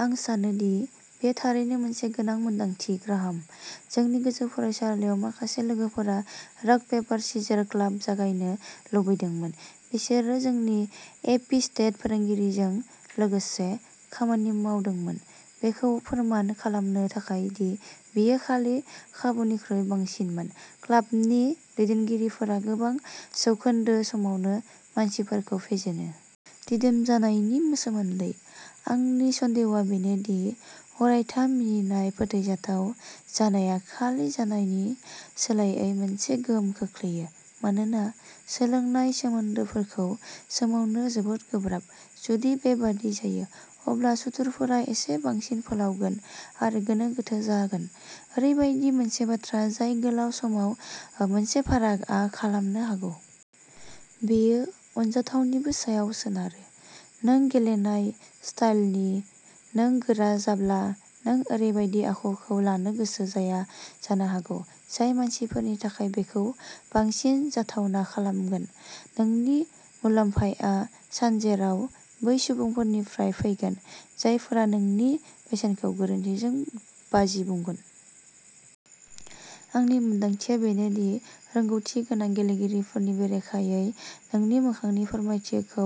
आं सानो दि बेयो थारैनो मोनसे गोनां मोनदांथि, ग्राहाम। जोंनि गोजौ फरायसालिआव, माखासे लोगोफोरा "रक पेपार सिजर" क्लाब जागायनो लुबैदोंमोन। बिसोरो जोंनि एपी स्टेट फोरोंगिरिजों लोगोसे खामानि मावदोंमोन बेखौ फोरमान खालामनो थाखाय दि बेयो खालि खाबुनिख्रुइ बांसिनमोन-क्लाबनि दैदेनगिरिफोरा गोबां जौखोन्दो समावनो मानसिफोरखौ फेजेनो। दिदोम जानायनि सोमोन्दैः आंनि सन्देहआ बेनो दि अरायथा मिनिनाय/फोथायजाथाव जानाया खालि जानायनि सोलायै मोनसे गोहोम खोख्लैयो मानोना सोलोंनाय सोमोन्दोफोरखौ सोमावनो जोबोद गोब्राब। जुदि बेबादि जायो, अब्ला सुथुरफोरा एसे बांसिन फोलावगोन आरो गोनो-गोथो जागोन-ओरैबायदि मोनसे बाथ्रा जाय गोलाव समाव मोनसे फाराग खालामनो हागौ। बेयो अनजाथावनिबो सायाव सोनारो। नों गेलेनाय स्टाइलनि। नों गोरा जाब्ला, नों ओरैबादि आखुखौ लानो गोसो जाया जानो हागौ जाय मानसिफोरनि थाखाय बेखौ बांसिन जाथावना खालामगोन, नोंनि मुलाम्फाया सानजेराव बै सुबुंफोरनिफ्राय फैगोन जायफोरा नोंनि बेसेनखौ गोरोन्थिजों बाजि बुंदों। आंनि मोनदांथिया बेनो दि रोंग'थि गोनां गेलेगिरिफोरनि बेरेखायै, नोंनि मोखांनि फोरमायथिखौ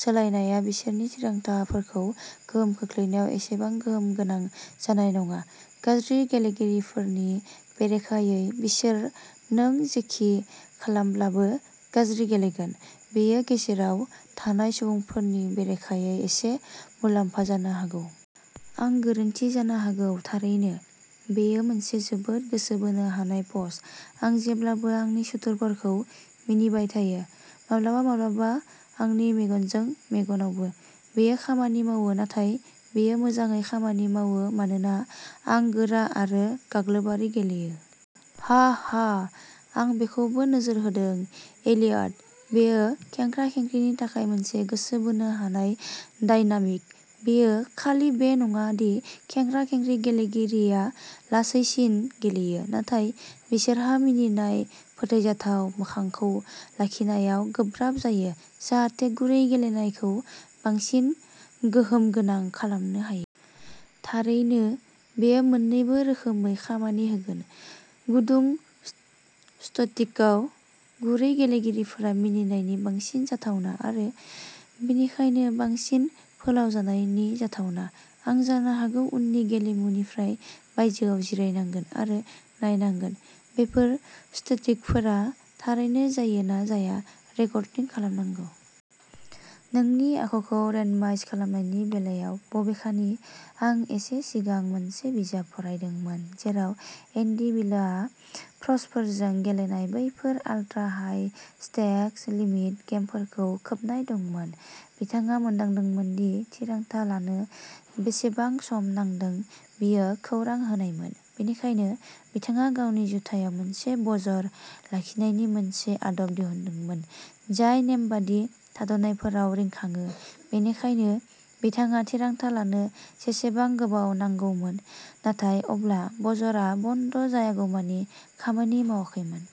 सोलायनाया बिसोरनि थिरांथाफोरखौ गोहोम खोख्लैनायाव एसेबां गोहोम गोनां जानाय नङा। गाज्रि गेलेगिरिफोरनि बेरेखायै, बिसोर नों जेखि खालामब्लाबो गाज्रि गेलेगोन। बेयो गेजेराव थानाय सुबुंफोरनि बेरेखायै एसे मुलाम्फा जानो हागौ। आं गोरोन्थि जानो हागौ, थारैनो। बेयो मोनसे जोबोद गोसो बोनो हानाय पस्ट। आं जेब्लाबो आंनि सुथुरफोरखौ मिनिबाय थायो। माब्लाबा माब्लाबा आंनि मेगनजों मेगनावबो। बेयो खामानि मावो नाथाय बेयो मोजाङै खामानि मावो'मानोना आं गोरा आरो गाग्लोबारि गेलेयो। हाहा, आं बेखौबो नोजोर होदों, एलियट! बेयो खेंख्रा-खेंख्रिनि थाखाय मोनसे गोसो बोनो हानाय डायनामिक। बेयो खालि बे नङा दि खेंख्रा-खेंख्रि गेलेगिरिया लासैसिन गेलेयो, नाथाय बिसोरहा मिनिनाय, फोथायजाथाव मोखांखौ लाखिनायाव गोब्राब जायो, जाहाथे गुरै गेलेनायखौ बांसिन गोहोम गोनां खालामनो हायो। थारैनो, बेयो मोन्नैबो रोखोमै खामानि होगोन। गुदुं सटिकआव गुरै गेलेगिरिफोरा मिनिनायनि बांसिन जाथावना, आरो बेनिखायनो बांसिन फोलावजानायनि जाथावना। आं जानो हागौ उननि गेलेमुनिफ्राय बायजोआव जिरायनांगोन आरो नायनांगोन, बेफोर सटिकफोरा थारैनो जायो ना जाया रेकर्डिं खालामनांगौ। नोंनि आखुखौ रेन्डमाइज खालामनायनि बेलायाव, बबेखानि, आं एसे सिगां मोनसे बिजाब फरायदोंमोन, जेराव एन्डि बिलआ प्र'सफोरजों गेलेनाय बैफोर आल्ट्रा-हाइ स्टेक्स लिमिट गेमफोरखौ खोबनाय दंमोन। बिथाङा मोनदांदोंमोन दि थिरांथा लानो बेसेबां सम नांदों बियो खौरां होनायमोन, बेनिखायनो बिथाङा गावनि जुथायाव मोनसे बजर लाखिनायनि मोनसे आदब दिहुनदोंमोन, जाय नेमबादि थाद'नायफोराव रिंखाङो, बेनिखायनो बिथाङा थिरांथा लानो जेसेबां गोबाव नांगौमोन, नाथाय अब्ला बजरआ बन्द जायागौमानि खामानि मावाखैमोन।